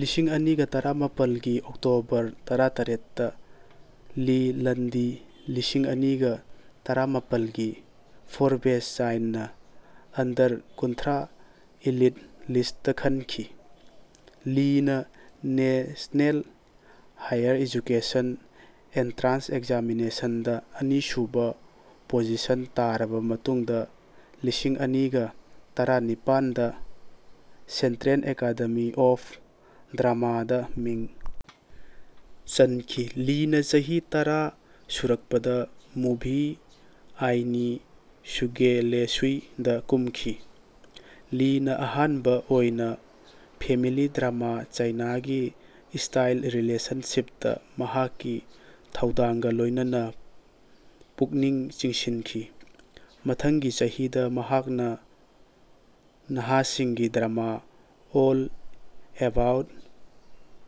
ꯂꯤꯁꯤꯡꯑꯅꯤꯒ ꯇꯔꯥꯃꯥꯄꯟꯒꯤ October ꯇꯔꯥꯇꯔꯦꯠꯇ Li Landi ꯂꯤꯁꯤꯡꯑꯅꯤꯒ ꯇꯔꯥꯃꯥꯄꯟꯒꯤ ꯐꯣꯔꯕꯦꯁ ꯆꯥꯏꯅꯥ ꯑꯟꯗꯔ ꯀꯨꯟꯊ꯭ꯔꯥ ꯏꯂꯤꯠ ꯂꯤꯁꯠꯇ ꯈꯟꯈꯤ꯫ ꯂꯤꯅꯥ ꯅꯦꯁꯅꯦꯜ ꯍꯥꯏꯌꯔ ꯑꯦꯖꯨꯀꯦꯁꯟ ꯑꯦꯟꯇ꯭ꯔꯥꯟꯁ ꯑꯦꯛꯖꯥꯃꯤꯅꯦꯁꯟꯗ ꯑꯅꯤꯁꯨꯕ ꯄꯣꯖꯤꯁꯟ ꯇꯥꯔꯕ ꯃꯇꯨꯡꯗ ꯂꯤꯁꯤꯡ ꯑꯅꯤꯒ ꯇꯔꯥꯅꯤꯄꯥꯟꯗ ꯁꯦꯟꯇ꯭ꯔꯦꯜ ꯑꯦꯀꯥꯗꯦꯃꯤ ꯑꯣꯐ ꯗ꯭ꯔꯃꯥꯗ ꯃꯤꯡ ꯆꯟꯈꯤ꯫ ꯂꯤꯅꯥ ꯆꯍꯤ ꯇꯔꯥ ꯁꯨꯔꯛꯄꯗ ꯃꯨꯚꯤ ꯑꯥꯏꯅꯤ ꯁꯨꯒꯦꯂꯦꯁꯨꯏ ꯗ ꯀꯨꯝꯈꯤ꯫ ꯂꯤꯅ ꯑꯍꯥꯟꯕ ꯑꯣꯏꯅ ꯐꯦꯃꯤꯂꯤ ꯗ꯭ꯔꯃꯥ ꯆꯥꯏꯅꯥꯒꯤ ꯁ꯭ꯇꯥꯏꯜ ꯔꯤꯂꯦꯁꯟꯁꯤꯞꯇ ꯃꯍꯥꯛꯀꯤ ꯊꯧꯗꯥꯡꯒ ꯂꯣꯏꯅꯅ ꯄꯨꯛꯅꯤꯡ ꯆꯤꯡꯁꯤꯟꯈꯤ꯫ ꯃꯊꯪꯒꯤ ꯆꯍꯤꯗ ꯃꯍꯥꯛꯅ ꯅꯍꯥꯁꯤꯡꯒꯤ ꯗ꯭ꯔꯃꯥ ꯑꯣꯜ ꯑꯦꯕꯥꯎꯠ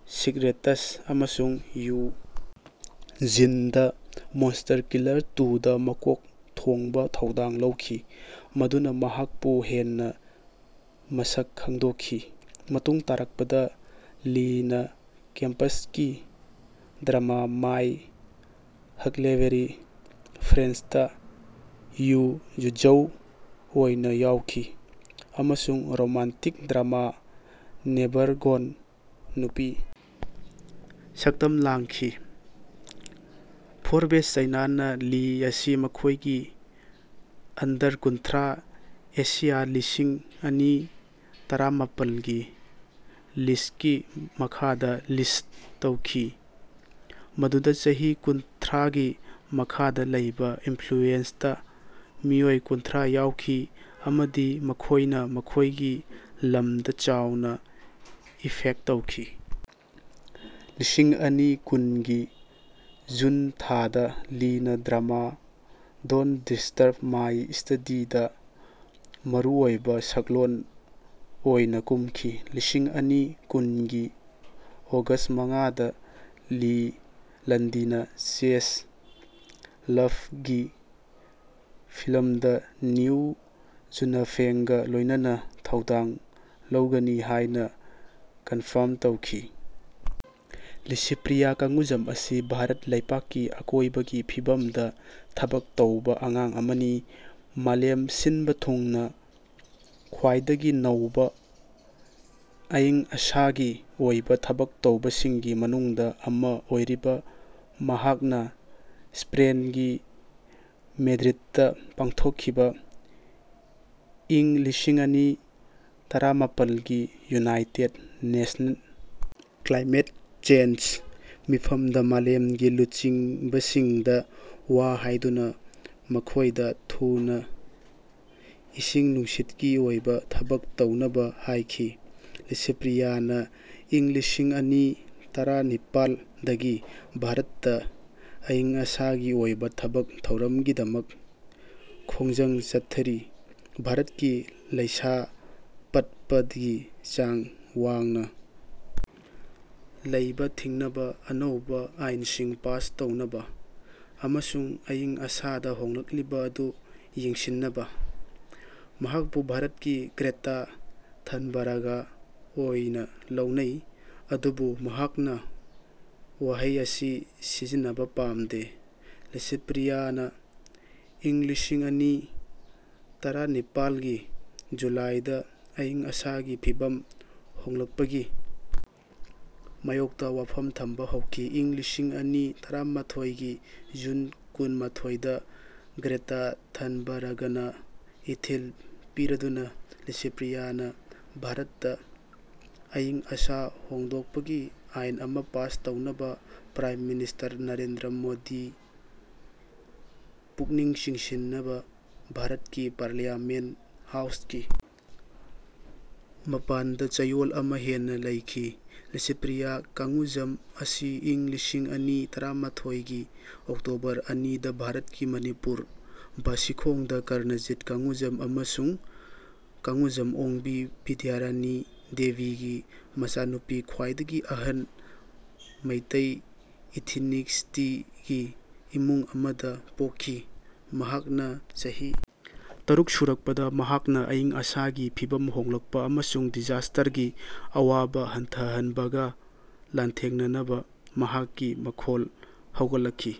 ꯁꯤꯛꯔꯦꯇꯁ ꯑꯃꯁꯨꯡ Woo Jin: the monster killer to the ꯃꯀꯣꯛ ꯊꯣꯡꯕ ꯊꯧꯗꯥꯡ ꯂꯧꯈꯤ꯫ ꯃꯗꯨꯅ ꯃꯍꯥꯛꯄꯨ ꯍꯦꯟꯅ ꯃꯁꯛ ꯈꯪꯗꯣꯛꯈꯤ꯫ ꯃꯇꯨꯡ ꯇꯥꯔꯛꯄꯗ ꯂꯤꯅ ꯀꯦꯝꯄꯁꯀꯤ ꯗ꯭ꯔꯃꯥ ꯃꯥꯏ ꯍꯛꯂꯕꯦꯔꯤ ꯐ꯭ꯔꯦꯟꯗꯁꯇ ꯌꯨ ꯓꯨꯖꯧ ꯑꯣꯏꯅ ꯌꯥꯎꯈꯤ, ꯑꯃꯁꯨꯡ ꯔꯣꯃꯥꯟꯇꯤꯛ ꯗ꯭ꯔꯃꯥ ꯅꯦꯚꯔ ꯒꯣꯟꯗ ꯅꯨꯄꯤ ꯁꯛꯇꯝ ꯂꯥꯡꯈꯤ꯫ ꯐꯣꯔꯕꯦꯁ ꯆꯥꯏꯅꯥꯅ ꯂꯤ ꯑꯁꯤ ꯃꯈꯣꯏꯒꯤ ꯑꯟꯗꯔ ꯀꯨꯟꯊ꯭ꯔꯥ ꯑꯦꯁꯤꯌꯥ ꯂꯤꯁꯤꯡ ꯑꯅꯤ ꯇꯔꯥꯃꯥꯄꯟꯒꯤ ꯂꯤꯁ꯭ꯠꯀꯤ ꯃꯈꯥꯗ ꯂꯤꯁ꯭ꯠ ꯇꯧꯈꯤ ꯃꯗꯨꯗ ꯆꯍꯤ ꯀꯨꯟꯊ꯭ꯔꯥꯒꯤ ꯃꯈꯥꯗ ꯂꯩꯕ ꯏꯟꯐ꯭ꯂꯨꯑꯦꯟꯇ ꯃꯤꯑꯣꯏ ꯀꯨꯟꯊ꯭ꯔꯥ ꯌꯥꯎꯈꯤ ꯑꯃꯗꯤ ꯃꯈꯣꯏꯅ ꯃꯈꯣꯏꯒꯤ ꯂꯝꯗ ꯆꯥꯎꯅ ꯏꯐꯦꯛꯠ ꯇꯧꯈꯤ꯫ ꯂꯤꯁꯤꯡꯑꯅꯤ ꯀꯨꯟꯒꯤ ꯖꯨꯟ ꯊꯥꯗ ꯂꯤꯅ ꯗ꯭ꯔꯃꯥ ꯗꯣꯟꯠ ꯗꯤꯁꯇ꯭ꯔꯕ ꯃꯥꯏ ꯁ꯭ꯇꯗꯤꯗ ꯃꯔꯨꯑꯣꯏꯕ ꯁꯛꯂꯣꯟ ꯑꯣꯏꯅ ꯀꯨꯝꯈꯤ꯫ ꯂꯤꯁꯤꯡ ꯑꯅꯤ ꯀꯨꯟꯒꯤ ꯑꯣꯒꯁ꯭ꯠ ꯃꯉꯥꯗ ꯂꯤ ꯂꯟꯗꯤꯅ ꯆꯦꯁ ꯂꯚ ꯒꯤ ꯐꯤꯜꯝꯗ ꯅꯤꯎ ꯖꯨꯅꯐꯦꯡꯒ ꯂꯣꯏꯅꯅ ꯊꯧꯗꯥꯡ ꯂꯧꯒꯅꯤ ꯍꯥꯏꯅ ꯀꯟꯐꯥꯔ꯭ꯝ ꯇꯧꯈꯤ꯫ ꯂꯤꯁꯤꯄ꯭ꯔꯤꯌꯥ ꯀꯡꯒꯨꯖꯝ ꯑꯁꯤ ꯚꯥꯔꯠ ꯂꯩꯄꯥꯛꯀꯤ ꯑꯀꯣꯏꯕꯒꯤ ꯐꯤꯚꯝꯗ ꯊꯕꯛ ꯇꯧꯕ ꯑꯉꯥꯡ ꯑꯃꯅꯤ꯫ ꯃꯥꯂꯦꯝ ꯁꯤꯟꯕ ꯊꯨꯡꯅ ꯈ꯭ꯋꯥꯏꯗꯒꯤ ꯅꯧꯕ ꯑꯏꯪ ꯑꯁꯥꯒꯤ ꯑꯣꯏꯕ ꯊꯕꯛ ꯇꯧꯕꯁꯤꯡꯒꯤ ꯃꯅꯨꯡꯗ ꯑꯃ ꯑꯣꯏꯔꯤꯕ ꯃꯍꯥꯛꯅ ꯁ꯭ꯄꯦꯟꯒꯤ ꯃꯦꯗ꯭ꯔꯤꯗꯇ ꯄꯥꯡꯊꯣꯛꯈꯤꯕ ꯏꯪ ꯂꯤꯁꯤꯡꯑꯅꯤ ꯇꯔꯥꯃꯥꯄꯟꯒꯤ ꯌꯨꯅꯥꯏꯇꯦꯗ ꯅꯦꯁꯟ꯭ꯁ ꯀ꯭ꯂꯥꯏꯃꯦꯠ ꯆꯦꯟꯖ ꯃꯤꯐꯝꯗ ꯃꯥꯂꯦꯝꯒꯤ ꯂꯨꯆꯤꯡꯕꯁꯤꯡꯗ ꯋꯥ ꯍꯥꯏꯗꯨꯅ ꯃꯈꯣꯏꯗ ꯊꯨꯅ ꯏꯁꯤꯡ ꯅꯨꯡꯁꯤꯠꯀꯤ ꯑꯣꯏꯕ ꯊꯕꯛ ꯇꯧꯅꯕ ꯍꯥꯏꯈꯤ꯫ ꯂꯤꯁꯤꯄ꯭ꯔꯤꯌꯥꯅ ꯏꯪ ꯂꯤꯁꯤꯡꯑꯅꯤ ꯇꯔꯥꯅꯤꯄꯥꯥꯜ ꯗꯒꯤ ꯚꯥꯔꯠꯇ ꯑꯏꯪ ꯑꯁꯥꯒꯤ ꯑꯣꯏꯕ ꯊꯕꯛ ꯊꯧꯔꯝꯒꯤꯗꯃꯛ ꯈꯣꯡꯖꯪ ꯆꯠꯊꯔꯤ, ꯚꯥꯔꯠꯀꯤ ꯂꯩꯁꯥ ꯄꯠꯄꯒꯤ ꯆꯥꯡ ꯋꯥꯡꯅ ꯂꯩꯕ ꯊꯤꯡꯅꯕ ꯑꯅꯧꯕ ꯑꯥꯏꯟꯁꯤꯡ ꯄꯥꯁ ꯇꯧꯅꯕ, ꯑꯃꯁꯨꯡ ꯑꯏꯪ ꯑꯁꯥꯗ ꯍꯣꯡꯂꯛꯂꯤꯕ ꯑꯗꯨ ꯌꯦꯡꯁꯤꯟꯅꯕ꯫ ꯃꯍꯥꯛꯄꯨ ꯚꯥꯔꯠꯀꯤ ꯒ꯭ꯔꯦꯇꯥ ꯊꯟꯕꯔ꯭ꯒ ꯑꯣꯏꯅ ꯂꯧꯅꯩ, ꯑꯗꯨꯕꯨ ꯃꯍꯥꯛꯅ ꯋꯥꯍꯩ ꯑꯁꯤ ꯁꯤꯖꯤꯟꯅꯕ ꯄꯥꯝꯗꯦ꯫ ꯂꯤꯁꯤꯄ꯭ꯔꯤꯌꯥꯅ ꯏꯪ ꯂꯤꯁꯤꯡꯑꯅꯤ ꯇꯔꯥꯅꯤꯄꯥꯜꯒꯤ ꯖꯨꯂꯥꯏꯗ ꯑꯏꯪ ꯑꯁꯥꯒꯤ ꯐꯤꯚꯝ ꯍꯣꯡꯂꯛꯄꯒꯤ ꯃꯥꯌꯣꯛꯇ ꯋꯥꯐꯝ ꯊꯝꯕ ꯍꯧꯈꯤ꯫ ꯏꯪ ꯂꯤꯁꯤꯡꯑꯅꯤ ꯇꯔꯥꯃꯥꯄꯟꯒꯤ ꯖꯨꯟ ꯀꯨꯟ - ꯃꯥꯊꯣꯏꯗ ꯒ꯭ꯔꯦꯇꯥ ꯊꯟꯕꯔ꯭ꯒꯅ ꯏꯊꯤꯜ ꯄꯤꯔꯗꯨꯅ ꯂꯤꯁꯤꯄ꯭ꯔꯤꯌꯥꯅ ꯚꯥꯔꯠꯇ ꯑꯏꯪ ꯑꯁꯥ ꯍꯣꯡꯗꯣꯛꯄꯒꯤ ꯑꯥꯏꯟ ꯑꯃ ꯄꯥꯁ ꯇꯧꯅꯕ ꯄ꯭ꯔꯥꯏꯝ ꯃꯤꯅꯤꯁꯇꯔ ꯅꯔꯦꯟꯗ꯭ꯔ ꯃꯣꯗꯤ ꯄꯨꯛꯅꯤꯡ ꯆꯤꯡꯁꯤꯟꯅꯕ ꯚꯥꯔꯠꯀꯤ ꯄꯥꯔꯂꯤꯌꯥꯃꯦꯟ꯭ꯇ ꯍꯥꯎꯁꯀꯤ ꯃꯄꯥꯟꯗ ꯆꯌꯣꯜ ꯑꯃ ꯂꯦꯟꯕ ꯍꯧꯈꯤ꯫ ꯂꯤꯁꯤꯄ꯭ꯔꯤꯌꯥ ꯀꯡꯒꯨꯖꯝ ꯑꯁꯤ ꯏꯪ ꯂꯤꯁꯤꯡꯑꯅꯤ ꯇꯔꯥꯃꯥꯊꯣꯏꯒꯤ ꯑꯣꯛꯇꯣꯕꯔ ꯑꯅꯤꯗ ꯚꯥꯔꯠꯀꯤ ꯃꯅꯤꯄꯨꯔ ꯕꯥꯁꯤꯈꯣꯡꯗ, ꯀꯅꯔꯖꯤꯠ ꯀꯡꯒꯨꯖꯥꯝ ꯑꯃꯁꯨꯡ ꯀꯡꯒꯨꯖꯝ ꯑꯣꯡꯕꯤ ꯕꯤꯗ꯭ꯌꯥꯔꯥꯅꯤ ꯗꯦꯕꯤꯒꯤ ꯃꯆꯥꯅꯨꯄꯤ ꯈ꯭ꯋꯥꯏꯗꯒꯤ ꯑꯍꯟ, ꯃꯩꯇꯩ ꯏꯊꯤꯅꯤꯁꯤꯇꯤꯒꯤ ꯏꯃꯨꯡ ꯑꯃꯗ ꯄꯣꯛꯈꯤ꯫ ꯃꯍꯥꯛꯅ ꯆꯍꯤ ꯇꯔꯨꯛ ꯁꯨꯔꯛꯄꯗ ꯃꯍꯥꯛꯅ ꯑꯏꯪ ꯑꯁꯥꯒꯤ ꯐꯤꯚꯝ ꯍꯣꯡꯂꯛꯄ ꯑꯃꯁꯨꯡ ꯗꯤꯁ꯭ꯇꯥꯔꯒꯤ ꯑꯋꯥꯕ ꯍꯟꯊꯍꯟꯕꯒ ꯂꯥꯟꯊꯦꯡꯅꯅꯕ ꯃꯍꯥꯛꯀꯤ ꯃꯈꯣꯜ ꯍꯧꯒꯠꯂꯛꯈꯤ꯫